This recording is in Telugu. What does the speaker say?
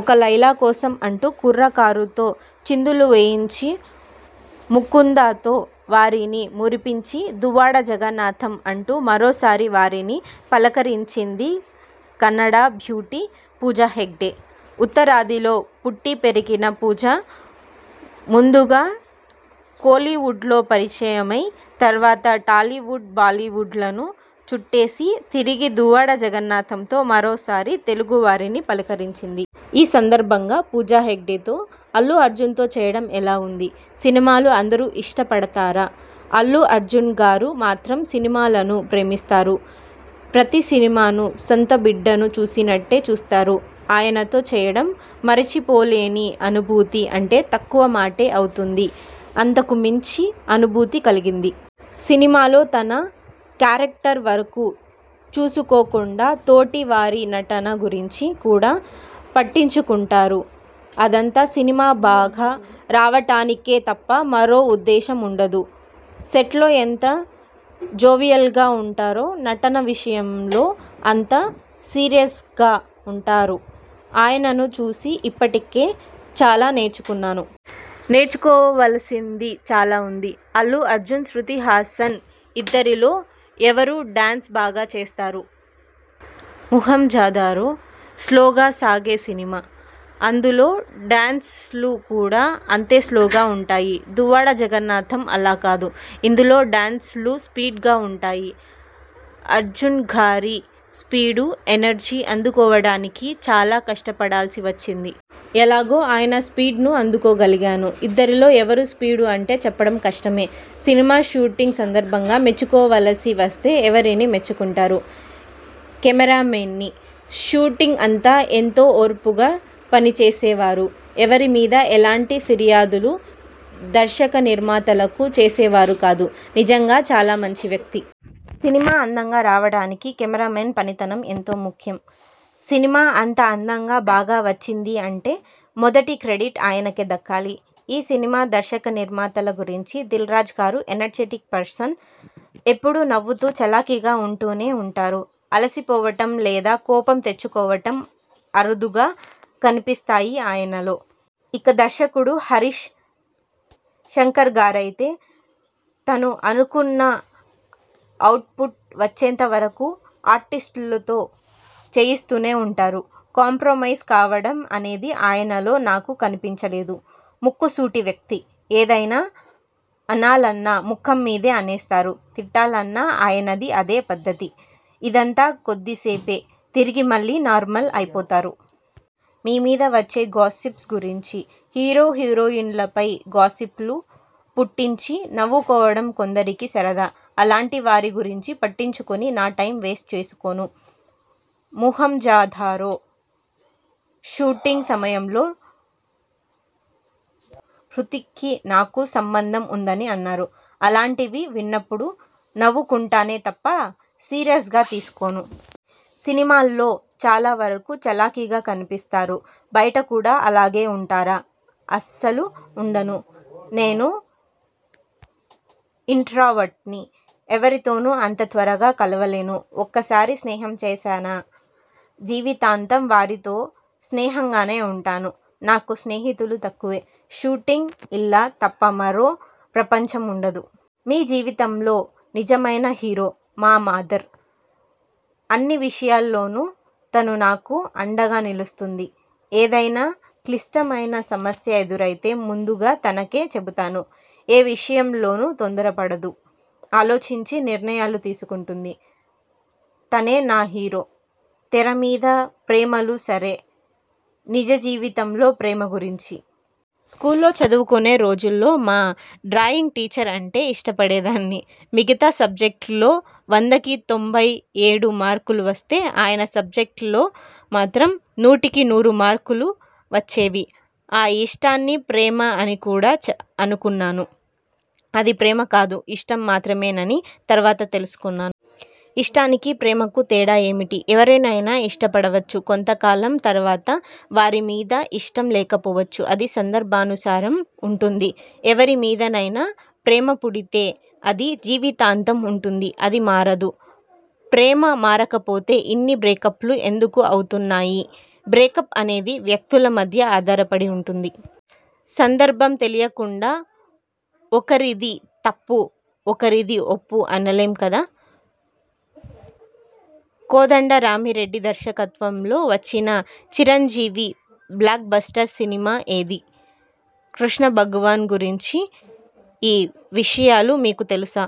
ఒక లైలా కోసం అంటూ కుర్రకారుతో చిందులు వేయించి, 'ముకుంద'తో వారిని మురిపించి 'దువ్వాడ జగన్నాథం' అంటూ మరోసారి వారిని పలకరించింది కన్నడ బ్యూటీ పూజా హెగ్డె. ఉత్తరాదిలో పుట్టి పెరిగిన పూజా ముందుగా కోలీవుడ్లో పరిచయమై, ఆ తర్వాత టాలీవుడ్, బాలీవుడ్లను చుట్టేసి తిరిగి 'దువ్వాడ జగన్నాథం'తో మరోసారి తెలుగు వారిని పలకరించింది. ఈ సందర్భంగా పూజా హెగ్డెతో- అల్లుఅర్జున్తో చేయడం ఎలా ఉంది? సినిమాలు అందరూ ఇష్టపడతారు. అల్లు అర్జున్గారు మాత్రం సినిమాలను ప్రేమిస్తారు. ప్రతి సినిమాను సొంత బిడ్డను చూసినట్టే చూస్తారు. ఆయనతో చేయడం మరిచిపోలేని అనుభూతి అంటే తక్కువ మాటే అవుతుంది. అంతకుమించి అనుభూతి కలిగింది. సినిమాలో తన క్యారక్టర్ వరకూ చూసుకోకుండా తోటి వారి నటన గురించి కూడా పట్టించుకుంటారు. అదంతా సినిమా బాగా రావడానికే తప్ప మరో ఉద్దేశం ఉండదు. సెట్లో ఎంత జోవియల్గా ఉంటారో, నటన విషయంలో అంత సీరియస్గా ఉంటారు. ఆయనను చూసి ఇప్పటికే చాలా నేర్చుకున్నాను. నేర్చుకోవలసింది చాలా ఉంది. అల్లు అర్జున్, హృతిక్ ఇద్దరిలో ఎవరు డ్యాన్స్ బాగా చేస్తారు? 'మొహంజదారో' స్లోగా సాగే సినిమా. అందులో డ్యాన్సులు కూడా అంతే స్లోగా ఉంటాయి. 'దువ్వాడ జగన్నాథం' అలా కాదు. ఇందులో డ్యాన్సులు స్పీడ్గా ఉంటాయి.. అర్జున్గారి స్పీడు, ఎనర్జీ అందుకోవడానికి చాలా కష్టపడాల్సి వచ్చింది. ఎలాగో ఆయన స్పీడును అందుకోగలిగాను. ఇద్దరిలో ఎవరు స్పీడు అంటే చెప్పడం కష్టమే! సినిమా షూటింగ్ సందర్భంగా మెచ్చుకోవలసి వస్తే ఎవరిని మెచ్చుకుంటారు? కెమెరామెన్ని. షూటింగ్ అంతా ఎంతో ఓర్పుగా పనిచేసేవారు. ఎవరిమీదా ఎలాంటి ఫిర్యాదులు దర్శకనిర్మాతలకు చేసేవారు కాదు. నిజంగా చాలా మంచి వ్యక్తి. సినిమా అందంగా రావడానికి కెమెరామెన్ పనితనం ఎంతో ముఖ్యం. సినిమా ఇంత అందంగా, బాగా వచ్చింది అంటే మొదటి క్రెడిట్ ఆయనకే దక్కాలి. ఈ సినిమా దర్శకనిర్మాతల గురించి దిల్రాజుగారు ఎనర్జిటిక్ పర్సన్. ఎప్పుడూ నవ్వుతూ, చలాకీగా ఉంటూనే ఉంటారు. అలసి పోవడం, లేదా కోపం తెచ్చుకోవడం అరుదుగా కనిపిస్తాయి ఆయనలో. ఇక దర్శకుడు హరీష్ శంకర్గారయితే తను అనుకున్న అవుట్పుట్ వచ్చేంత వరకూ ఆర్టిస్టులతో చేయిస్తూనే ఉంటారు. కాంప్రమైజ్ కావడం అనేది ఆయనలో నాకు కనిపించలేదు. ముక్కుసూటి వ్యక్తి. ఏదన్నా అనాలన్నా ముఖం మీదే అనేస్తారు. తిట్టాలన్నా ఆయనది అదే పద్ధతి. ఇదంతా కొద్దిసేపే. తిరిగి మళ్ళీ నార్మల్ అయిపోతారు. మీమీద వచ్చే గాసిప్స్ గురించి? హీరో హీరోయిన్లపై గాసిప్పులు పుట్టించి నవ్వుకోవడం కొందరికి సరదా. అలాంటి వారి గురించి పట్టించుకుని నా టైం వేస్ట్ చేసుకోను. 'మొహంజదారో' షూటింగ్ సమయంలో హృతిక్కీ నాకు సంబంధం ఉందని అన్నారు. అలాంటివి విన్నప్పుడు నవ్వుకుంటానే తప్ప సీరియస్గా తీసుకోను. సినిమాల్లో చాలా వరకూ చలాకీగా కనిపిస్తారు. బయట కూడా అలాగే ఉంటారా? అస్సలు ఉండను. నేను ఇంట్రావర్ట్ని. ఎవ్వరితోనూ అంత త్వరగా కలవలేను. ఒకసారి స్నేహం చేశానా? జీవితాంతం వారితో స్నేహంగానే ఉంటాను. నాకు స్నేహితులు తక్కువే! షూటింగ్, ఇల్లు తప్ప మరో ప్రపంచం ఉండదు. మీ జీవితంలో నిజమైన హీరో? మా మదర్. అన్ని విషయాల్లోనూ తను నాకు అండగా నిలుస్తుంది. ఏదైనా క్లిష్టమైన సమస్య ఎదురైతే ముందుగా తనకే చెబుతాను. ఏ విషయంలోనూ తొందరపడదు. ఆలోచించి నిర్ణయాలు తీసుకుంటుంది. తనే నా హీరో. తెర మీద ప్రేమలు సరే నిజజీవితంలోప్రేమ గురించి? స్కూల్లో చదువుకునే రోజుల్లో మా డ్రాయింగ్ టీచర్ అంటే ఇష్టపడేదాన్ని. మిగత సబ్జెక్టుల్లో వందకి తొంభై ఏడు మార్కులు వస్తే ఆయన సబ్జెక్టులో మాత్రం నూటికినూరు మార్కులు వచ్చేవి. ఆ ఇష్టాన్ని ప్రేమ అని కూడా అనుకున్నాను. అది ప్రేమ కాదు, ఇష్టం మాత్రమేనని తరువాత తెలుసుకున్నాను. ఇష్టానికీ, ప్రేమకూ తేడా ఏమిటి? ఎవరినైనా ఇష్టపడవచ్చు. కొంత కాలం తరువాత వారి మీద ఇష్టం లేకపోవచ్చు. అది సందర్భానుసారం ఉంటుంది. ఎవరిమీదనైనా ప్రేమ పుడితే అది జీవితాంతం ఉంటుంది. అది మారదు. ప్రేమ మారకపోతే ఇన్ని బ్రేకప్లు ఎందుకు అవుతున్నాయి? బ్రేకప్ అనేది వ్యక్తుల మీద ఆధారపడి ఉంటుంది. సందర్భం తెలియకుండా ఒకరిది తప్పు, ఒకరిది ఒప్పు అనలేం కదా? కోదండరామిరెడ్డి దర్వకత్వంలో వచ్చిన చిరంజీవి బ్లాక్ బస్టర్ సినిమా ఏది? కృష్ణభగవాన్ గురించి ఈ విషయాలు మీకు తెలుసా?